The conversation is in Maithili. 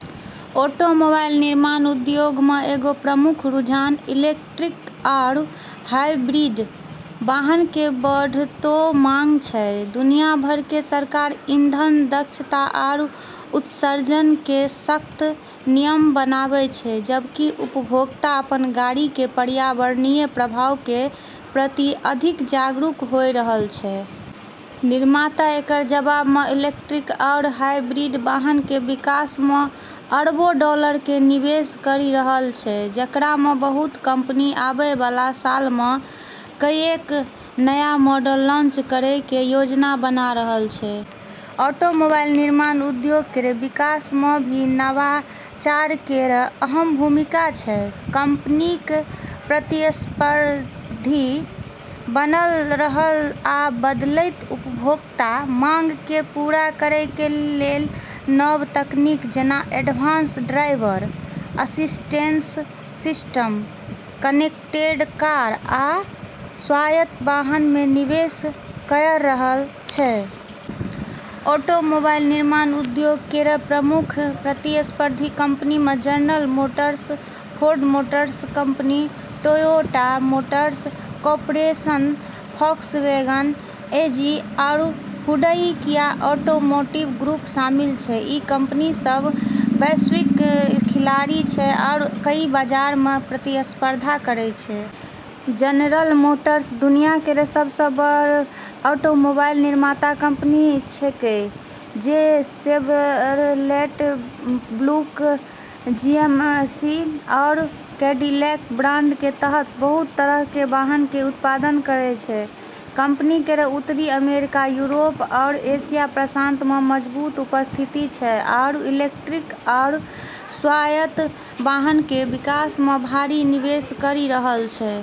ऑटोमोबाइल निर्माण उद्योग मँ एगो प्रमुख रुझान इलेक्ट्रिक आरू हाइब्रिड वाहन के बढ़तौ मांग छै। दुनिया भर के सरकार ईंधन दक्षता आरू उत्सर्जन के सख्त नियम बनाबै छै, जबकि उपभोक्ता अपनऽ गाड़ी के पर्यावरणीय प्रभाव के प्रति अधिक जागरूक होय रहलऽ छै। निर्माता एकरऽ जवाब म॑ इलेक्ट्रिक आरू हाइब्रिड वाहन के विकास म॑ अरबों डॉलर के निवेश करी रहलऽ छै, जेकरा म॑ बहुत कंपनी आबै वाला सालऽ म॑ कईएक नया मॉडल लॉन्च करै के योजना बना रहलऽ छै। ऑटोमोबाइल निर्माण उद्योग केरऽ विकास म॑ भी नवाचार केरऽ अहम भूमिका छै। कंपनीक प्रतिस्पर्धी बनल रहय आ बदलैत उपभोक्ता मांग कें पूरा करय कें लेल नव तकनीक, जेना advance driver assistance system, connected car, आ स्वायत्त वाहन मे निवेश कयर रहल छै. ऑटोमोबाइल निर्माण उद्योग केरऽ प्रमुख प्रतिस्पर्धी कंपनी म॑ General Motors, Ford Motor Company, Toyota Motor Corporation, Volkswagen AG, आरू हुंडई-किया ऑटोमोटिव ग्रुप शामिल छै। ई कंपनी सब वैश्विक खिलाड़ी छै आरू कई बाजारऽ म॑ प्रतिस्पर्धा करै छै। जनरल मोटर्स दुनिया केरऽ सबसें बड़ऽ ऑटोमोबाइल निर्माता कंपनी छेकै, जे शेवरलेट, ब्यूक, जीएमसी, आरू कैडिलैक ब्रांड के तहत बहुत तरह के वाहन के उत्पादन करै छै। कंपनी केरऽ उत्तरी अमेरिका, यूरोप, आरू एशिया-प्रशांत म॑ मजबूत उपस्थिति छै, आरू इलेक्ट्रिक आरू स्वायत्त वाहन के विकास म॑ भारी निवेश करी रहलऽ छै।